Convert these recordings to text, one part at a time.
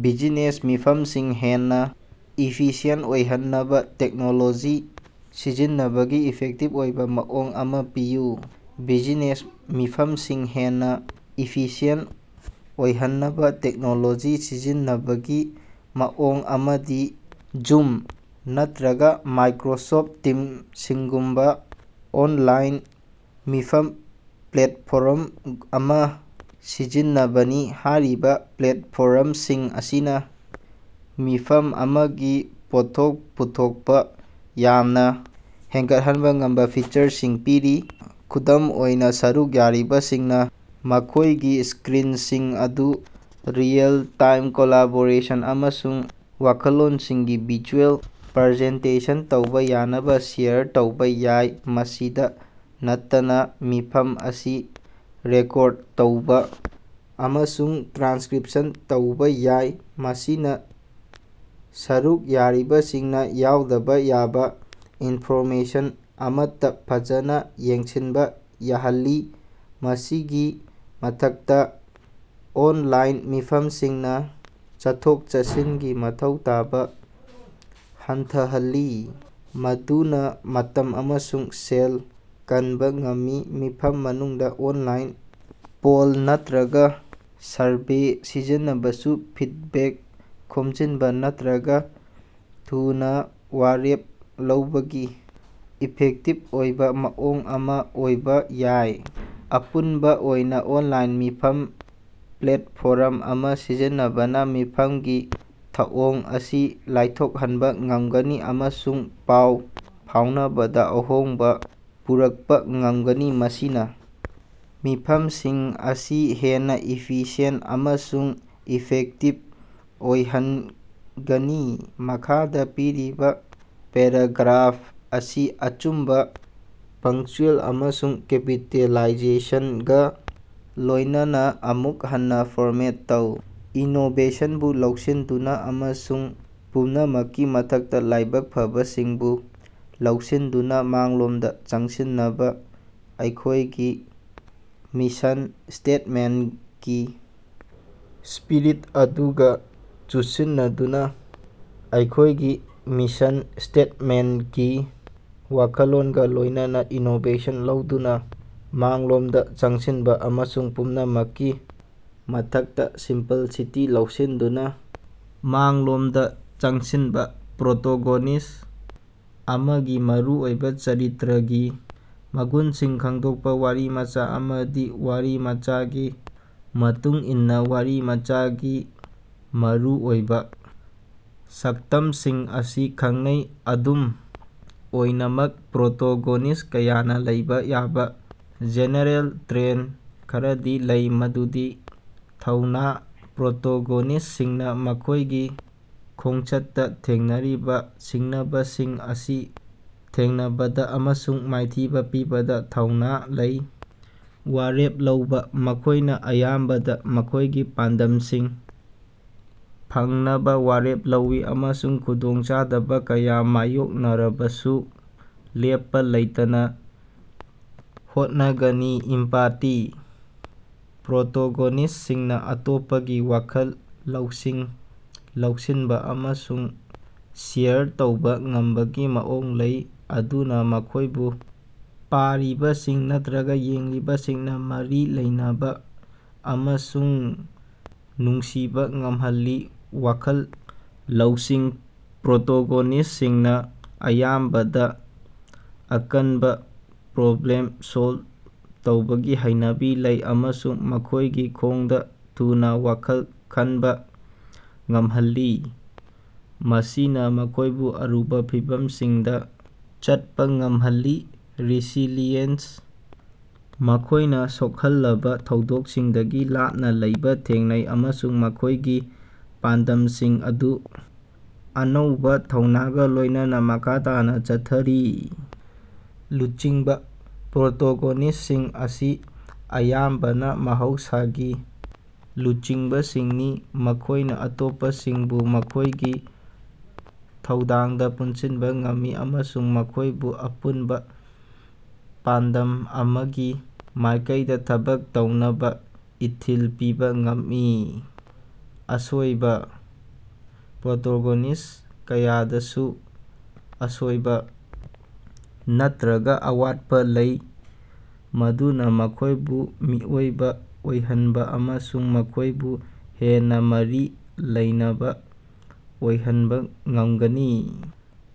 Business ꯃꯤꯐꯝꯁꯤꯡ ꯍꯦꯟꯅꯥ efficient ꯑꯣꯏꯍꯟꯅꯕ ꯇꯦꯛꯅꯣꯂꯣꯖꯤ ꯁꯤꯖꯤꯟꯅꯕꯒꯤ ꯏꯐꯦꯛꯇꯤꯚ ꯑꯣꯏꯕꯥ ꯃꯑꯣꯡ ꯑꯃꯥ ꯄꯤꯌꯨ꯫ ꯕꯤꯖꯤꯅꯦꯁ ꯃꯤꯐꯝꯁꯤꯡ ꯍꯦꯟꯅꯥ ꯏꯐꯤꯁꯤꯌꯦꯟꯇ ꯑꯣꯏꯍꯟꯅꯕ ꯇꯦꯛꯅꯣꯂꯣꯖꯤ ꯁꯤꯖꯤꯟꯅꯕꯒꯤ ꯃꯑꯣꯡ ꯑꯃꯗꯤ ꯖꯨꯝ ꯅꯠꯇꯔꯒꯥ ꯃꯥꯏꯀꯔꯣꯁꯣꯐ ꯇꯤꯝꯁꯤꯡꯒꯨꯝꯕꯥ ꯑꯣꯟꯂꯥꯏꯟ ꯃꯤꯐꯝ ꯄ꯭ꯂꯦꯠꯐꯣꯔꯝ ꯑꯃꯥ ꯁꯤꯖꯤꯟꯅꯕꯅꯤ꯫ ꯍꯥꯏꯔꯤꯕꯥ ꯄ꯭ꯂꯦꯠꯐꯣꯔꯝꯁꯤꯡ ꯑꯁꯤꯅ ꯃꯤꯐꯝ ꯑꯃꯒꯤ ꯄꯣꯠꯊꯣꯛ ꯄꯨꯊꯣꯛꯄꯥ ꯌꯥꯝꯅꯥ ꯍꯦꯟꯒꯠꯍꯟꯕꯥ ꯉꯝꯕꯥ ꯐꯤꯆꯔꯁꯤꯡ ꯄꯤꯔꯤ꯫ ꯈꯨꯗꯝ ꯑꯣꯏꯅꯥ, ꯁꯔꯨꯛ ꯌꯥꯔꯤꯕꯁꯤꯡꯅꯥ ꯃꯈꯣꯏꯒꯤ ꯁ꯭ꯀꯔꯤꯟꯁꯤꯡ ꯑꯗꯨ ꯔꯤꯑꯦꯜ-ꯇꯥꯏꯝ ꯀꯣꯂꯥꯕꯣꯔꯦꯁꯟ ꯑꯃꯁꯨꯡ ꯋꯥꯈꯜꯂꯣꯟꯁꯤꯡꯒꯤ ꯚꯤꯖꯨꯑꯦꯜ ꯄ꯭ꯔꯖꯦꯟꯇꯦꯁꯟ ꯇꯧꯕꯥ ꯌꯥꯅꯕ ꯁꯦꯌꯔ ꯇꯧꯕꯥ ꯌꯥꯏ꯫ ꯃꯁꯤꯗꯥ ꯅꯠꯇꯅ ꯃꯤꯐꯝ ꯑꯁꯤ ꯔꯦꯀꯣꯔꯗ ꯇꯧꯕꯥ ꯑꯃꯁꯨꯡ ꯇ꯭ꯔꯥꯟꯁꯀꯔꯤꯞꯁꯟ ꯇꯧꯕꯥ ꯌꯥꯏ, ꯃꯁꯤꯅꯥ ꯁꯔꯨꯛ ꯌꯥꯔꯤꯕꯁꯤꯡꯅꯥ ꯌꯥꯎꯗꯕꯥ ꯌꯥꯕꯥ ꯏꯟꯐꯣꯔꯃꯦꯁꯟ ꯑꯃꯠꯇꯥ ꯐꯖꯅꯥ ꯌꯦꯡꯁꯤꯟꯕꯥ ꯌꯥꯍꯜꯂꯤ꯫ ꯃꯁꯤꯒꯤ ꯃꯊꯛꯇꯥ, ꯑꯣꯟꯂꯥꯏꯟ ꯃꯤꯐꯝꯁꯤꯡꯅꯥ ꯆꯠꯊꯣꯛ-ꯆꯠꯁꯤꯟꯒꯤ ꯃꯊꯧ ꯇꯥꯕꯥ ꯍꯟꯊꯍꯜꯂꯤ, ꯃꯗꯨꯅꯥ ꯃꯇꯝ ꯑꯃꯁꯨꯡ ꯁꯦꯜ ꯀꯟꯕ ꯉꯝꯃꯤ꯫ ꯃꯤꯐꯝ ꯃꯅꯨꯡꯗ ꯑꯣꯟꯂꯥꯏꯟ ꯄꯣꯜ ꯅꯠꯇꯔꯒꯥ ꯁꯔꯚꯦ ꯁꯤꯖꯤꯟꯅꯕꯁꯨ ꯐꯤꯗꯕꯦꯛ ꯈꯣꯝꯖꯤꯟꯕꯥ ꯅꯠꯇꯔꯒ ꯊꯨꯅꯥ ꯋꯥꯔꯦꯞ ꯂꯧꯕꯒꯤ ꯏꯐꯦꯛꯇꯤꯕ ꯑꯣꯏꯕꯥ ꯃꯑꯣꯡ ꯑꯃꯥ ꯑꯣꯏꯕꯥ ꯌꯥꯏ꯫ ꯑꯄꯨꯟꯕ ꯑꯣꯏꯅꯥ, ꯑꯣꯟꯂꯥꯏꯟ ꯃꯤꯐꯝ ꯄ꯭ꯂꯦꯠꯐꯣꯔꯝ ꯑꯃꯥ ꯁꯤꯖꯤꯟꯅꯕꯅ ꯃꯤꯐꯝꯒꯤ ꯊꯧꯑꯣꯡ ꯑꯁꯤ ꯂꯥꯏꯊꯣꯛꯍꯟꯕꯥ ꯉꯝꯒꯅꯤ ꯑꯃꯁꯨꯡ ꯄꯥꯎ ꯐꯥꯎꯅꯕꯗꯥ ꯑꯍꯣꯡꯕ ꯄꯨꯔꯛꯄꯥ ꯉꯝꯒꯅꯤ, ꯃꯁꯤꯅꯥ ꯃꯤꯐꯝꯁꯤꯡ ꯑꯁꯤ ꯍꯦꯟꯅꯥ ꯏꯐꯤꯁꯤꯌꯦꯟꯇ ꯑꯃꯁꯨꯡ ꯏꯐꯦꯛꯇꯤꯕ ꯑꯣꯏꯍꯟꯒꯅꯤ꯫ ꯃꯈꯥꯗꯥ ꯄꯤꯔꯤꯕꯥ ꯄꯦꯔꯥꯒ꯭ꯔꯥꯐ ꯑꯁꯤ ꯑꯆꯨꯝꯕ ꯄꯪꯆ꯭ꯌꯨꯑꯦꯜ ꯑꯃꯁꯨꯡ ꯀꯦꯄꯤꯇꯦꯂꯥꯏꯖꯦꯁꯟꯒꯥ ꯂꯣꯏꯅꯅꯥ ꯑꯃꯨꯛ ꯍꯟꯅꯥ ꯐꯣꯔꯃꯦꯠ ꯇꯧ꯫ ꯏꯅꯣꯕꯦꯁꯟꯕꯨ ꯂꯧꯁꯤꯟꯗꯨꯅꯥ ꯑꯃꯁꯨꯡ ꯄꯨꯝꯅꯃꯛꯀꯤ ꯃꯊꯛꯇꯥ ꯂꯥꯏꯕꯛ ꯐꯕꯁꯤꯡꯕꯨ ꯂꯧꯁꯤꯟꯗꯨꯅꯥ ꯃꯥꯡꯂꯣꯝꯗꯥ ꯆꯪꯁꯤꯟꯅꯕꯥ ꯑꯩꯈꯣꯏꯒꯤ ꯃꯤꯁꯟ ꯁ꯭ꯇꯦꯠꯃꯦꯟꯇꯀꯤ ꯁ꯭ꯄꯤꯔꯤꯠ ꯑꯗꯨꯒꯥ ꯆꯨꯁꯤꯟꯅꯗꯨꯅꯥ꯫ ꯑꯩꯈꯣꯏꯒꯤ ꯃꯤꯁꯟ ꯁ꯭ꯇꯦꯠꯃꯦꯟꯠꯀꯤ ꯋꯥꯈꯜꯂꯣꯟꯒꯥ ꯂꯣꯏꯅꯅꯥ, ꯏꯅꯣꯕꯦꯁꯟ ꯂꯧꯗꯨꯅ ꯃꯥꯡꯂꯣꯝꯗ ꯆꯪꯁꯤꯟꯕ ꯑꯃꯁꯨꯡ ꯄꯨꯝꯅꯃꯛꯀꯤ ꯃꯊꯛꯇꯥ ꯁꯤꯝꯄꯜꯁꯤꯇꯤ ꯂꯧꯁꯤꯟꯗꯨꯅ ꯃꯥꯡꯂꯣꯝꯗ ꯆꯪꯁꯤꯟꯕ꯫ ꯄ꯭ꯔꯣꯇꯣꯒꯣꯅꯤꯁ꯭ꯠ ꯑꯃꯒꯤ ꯃꯔꯨꯑꯣꯏꯕꯥ ꯆꯔꯤꯇꯔꯒꯤ ꯃꯒꯨꯟꯁꯤꯡ ꯈꯪꯗꯣꯛꯄꯥ꯫ ꯋꯥꯔꯤꯃꯆꯥ ꯑꯃꯗꯤ ꯋꯥꯔꯤꯃꯆꯥꯒꯤ ꯃꯇꯨꯡ ꯏꯟꯅꯥ ꯋꯥꯔꯤꯃꯆꯥꯒꯤ ꯃꯔꯨ ꯑꯣꯏꯕꯥ ꯁꯛꯇꯝꯁꯤꯡ ꯑꯁꯤ ꯈꯦꯠꯅꯩ꯫ ꯑꯗꯨꯝ ꯑꯣꯏꯅꯃꯛ, ꯄ꯭ꯔꯣꯇꯣꯒꯣꯅꯤꯁ꯭ꯠ ꯀꯌꯥꯅꯥ ꯂꯩꯕꯥ ꯌꯥꯕꯥ ꯖꯦꯅꯦꯔꯦꯜ ꯇ꯭ꯔꯦꯠ ꯈꯔꯗꯤ ꯂꯩ ꯃꯗꯨꯗꯤ: ꯊꯧꯅꯥ: ꯄ꯭ꯔꯣꯇꯣꯒꯣꯅꯤꯁ꯭ꯇꯁꯤꯡꯅꯥ ꯃꯈꯣꯏꯒꯤ ꯈꯣꯡꯆꯠꯇꯥ ꯊꯦꯡꯅꯔꯤꯕꯥ ꯁꯤꯡꯅꯕꯁꯤꯡ ꯑꯁꯤ ꯊꯦꯡꯅꯕꯗꯥ ꯑꯃꯁꯨꯡ ꯃꯥꯏꯊꯤꯕꯥ ꯄꯤꯕꯗꯥ ꯊꯧꯅꯥ ꯂꯩ꯫ ꯋꯥꯔꯦꯞ ꯂꯧꯕꯥ: ꯃꯈꯣꯏꯅꯥ ꯑꯌꯥꯝꯕꯅ ꯃꯈꯣꯏꯒꯤ ꯄꯥꯟꯗꯝꯁꯤꯡ ꯐꯪꯅꯕꯥ ꯋꯥꯔꯦꯞ ꯂꯧꯏ ꯑꯃꯁꯨꯡ ꯈꯨꯗꯣꯡꯆꯥꯗꯕꯥ ꯀꯌꯥ ꯃꯥꯌꯣꯛꯅꯔꯕꯁꯨ ꯂꯦꯞꯄꯥ ꯂꯩꯇꯅꯥ ꯍꯣꯠꯅꯒꯅꯤ꯫ ꯏꯝꯄꯥꯇꯤ: ꯄ꯭ꯔꯣꯇꯣꯒꯣꯅꯤꯁ꯭ꯇꯁꯤꯡꯅꯥ ꯑꯇꯣꯞꯄꯒꯤ ꯋꯥꯈꯜ ꯂꯧꯁꯤꯡ ꯂꯧꯁꯤꯟꯕ ꯑꯃꯁꯨꯡ ꯁꯦꯌꯔ ꯇꯧꯕꯥ ꯉꯝꯕꯒꯤ ꯃꯑꯣꯡ ꯂꯩ, ꯃꯗꯨꯅꯥ ꯃꯈꯣꯏꯕꯨ ꯄꯥꯔꯤꯕꯁꯤꯡ ꯅꯠꯇꯔꯒ ꯌꯦꯡꯂꯤꯕꯁꯤꯡꯅ ꯃꯔꯤ ꯂꯩꯅꯕ ꯑꯃꯁꯨꯡ ꯅꯨꯡꯁꯤꯕꯥ ꯉꯝꯍꯜꯂꯤ꯫ ꯋꯥꯈꯜ ꯂꯧꯁꯤꯡ: ꯄ꯭ꯔꯣꯇꯣꯒꯣꯅꯤꯁ꯭ꯇꯁꯤꯡꯅ ꯑꯌꯥꯝꯕꯅ ꯑꯀꯟꯕꯥ ꯄ꯭ꯔꯣꯕ꯭ꯂꯦꯝ ꯁꯣꯜꯕ ꯇꯧꯕꯒꯤ ꯍꯩꯅꯕꯤ ꯂꯩ ꯑꯃꯁꯨꯡ ꯃꯈꯣꯏꯒꯤ ꯈꯣꯡꯗꯥ ꯊꯨꯅꯥ ꯋꯥꯈꯜ ꯈꯟꯕꯥ ꯉꯝꯍꯜꯂꯤ, ꯃꯁꯤꯅꯥ ꯃꯈꯣꯏꯕꯨ ꯑꯔꯨꯕꯥ ꯐꯤꯚꯝꯁꯤꯡꯗꯥ ꯆꯠꯄꯥ ꯉꯝꯍꯜꯂꯤ꯫ ꯔꯦꯁꯤꯂꯤꯌꯦꯟꯁ: ꯃꯈꯣꯏꯅꯥ ꯁꯣꯛꯍꯜꯂꯕꯥ ꯊꯧꯗꯣꯛꯁꯤꯡꯗꯒꯤ ꯂꯥꯞꯅꯥ ꯂꯩꯕꯥ ꯊꯦꯡꯅꯩ, ꯑꯃꯁꯨꯡ ꯃꯈꯣꯏꯒꯤ ꯄꯥꯟꯗꯝꯁꯤꯡ ꯑꯗꯨ ꯑꯅꯧꯕꯥ ꯊꯧꯅꯥꯒ ꯂꯣꯏꯅꯅꯥ ꯃꯈꯥ ꯇꯥꯅꯥ ꯆꯠꯊꯔꯤ꯫ ꯂꯨꯆꯤꯡꯕꯥ: ꯄ꯭ꯔꯣꯇꯣꯒꯣꯅꯤꯁ꯭ꯇꯁꯤꯡ ꯑꯁꯤ ꯑꯌꯥꯝꯕꯅꯥ ꯃꯍꯧꯁꯥꯒꯤ ꯂꯨꯆꯤꯡꯕꯁꯤꯡꯅꯤ, ꯃꯈꯣꯏꯅꯥ ꯑꯇꯣꯞꯄꯁꯤꯡꯕꯨ ꯃꯈꯣꯏꯒꯤ ꯊꯧꯗꯥꯡꯗ ꯄꯨꯟꯁꯤꯟꯕ ꯉꯝꯃꯤ ꯑꯃꯁꯨꯡ ꯃꯈꯣꯏꯕꯨ ꯑꯄꯨꯟꯕꯥ ꯄꯥꯟꯗꯝ ꯑꯃꯒꯤ ꯃꯥꯏꯀꯩꯗꯥ ꯊꯕꯛ ꯇꯧꯅꯕꯥ ꯏꯊꯤꯜ ꯄꯤꯕꯥ ꯉꯝꯃꯤ꯫ ꯑꯁꯣꯏꯕꯥ: ꯄ꯭ꯔꯣꯇꯣꯒꯣꯅꯤꯁ꯭ꯠ ꯀꯌꯥꯗꯁꯨ ꯑꯁꯣꯏꯕ ꯅꯠꯇꯔꯒꯥ ꯑꯋꯥꯠꯄꯥ ꯂꯩ ꯃꯗꯨꯅꯥ ꯃꯈꯣꯏꯕꯨ ꯃꯤꯑꯣꯏꯕ ꯑꯣꯏꯍꯟꯕ ꯑꯃꯁꯨꯡ ꯃꯈꯣꯏꯕꯨ ꯍꯦꯟꯅꯥ ꯃꯔꯤ ꯂꯩꯅꯕꯥ ꯑꯣꯏꯍꯟꯕꯥ ꯉꯝꯒꯅꯤ꯫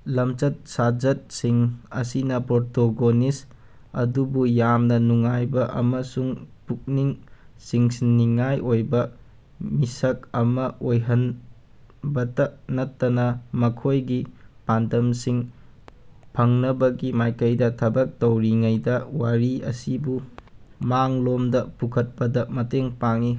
ꯂꯝꯆꯠ-ꯁꯥꯖꯠꯁꯤꯡ ꯑꯁꯤꯅꯥ ꯄ꯭ꯔꯣꯇꯣꯒꯣꯅꯤꯁ꯭ꯠ ꯑꯗꯨꯕꯨ ꯌꯥꯝꯅ ꯅꯨꯡꯉꯥꯏꯕꯥ ꯑꯃꯁꯨꯡ ꯄꯨꯛꯅꯤꯡ ꯆꯤꯡꯁꯤꯟꯅꯤꯡꯉꯥꯏ ꯑꯣꯏꯕꯥ ꯃꯤꯁꯛ ꯑꯃꯥ ꯑꯣꯏꯍꯟꯕꯇ ꯅꯠꯇꯅꯥ ꯃꯈꯣꯏꯒꯤ ꯄꯥꯟꯗꯝꯁꯤꯡ ꯐꯪꯅꯕꯒꯤ ꯃꯥꯏꯀꯩꯗꯥ ꯊꯕꯛ ꯇꯧꯔꯤꯉꯩꯗꯥ ꯋꯥꯔꯤ ꯑꯁꯤꯕꯨ ꯃꯥꯡꯂꯣꯝꯗꯥ ꯄꯨꯈꯠꯄꯗꯥ ꯃꯇꯦꯡ ꯄꯥꯡꯏ꯫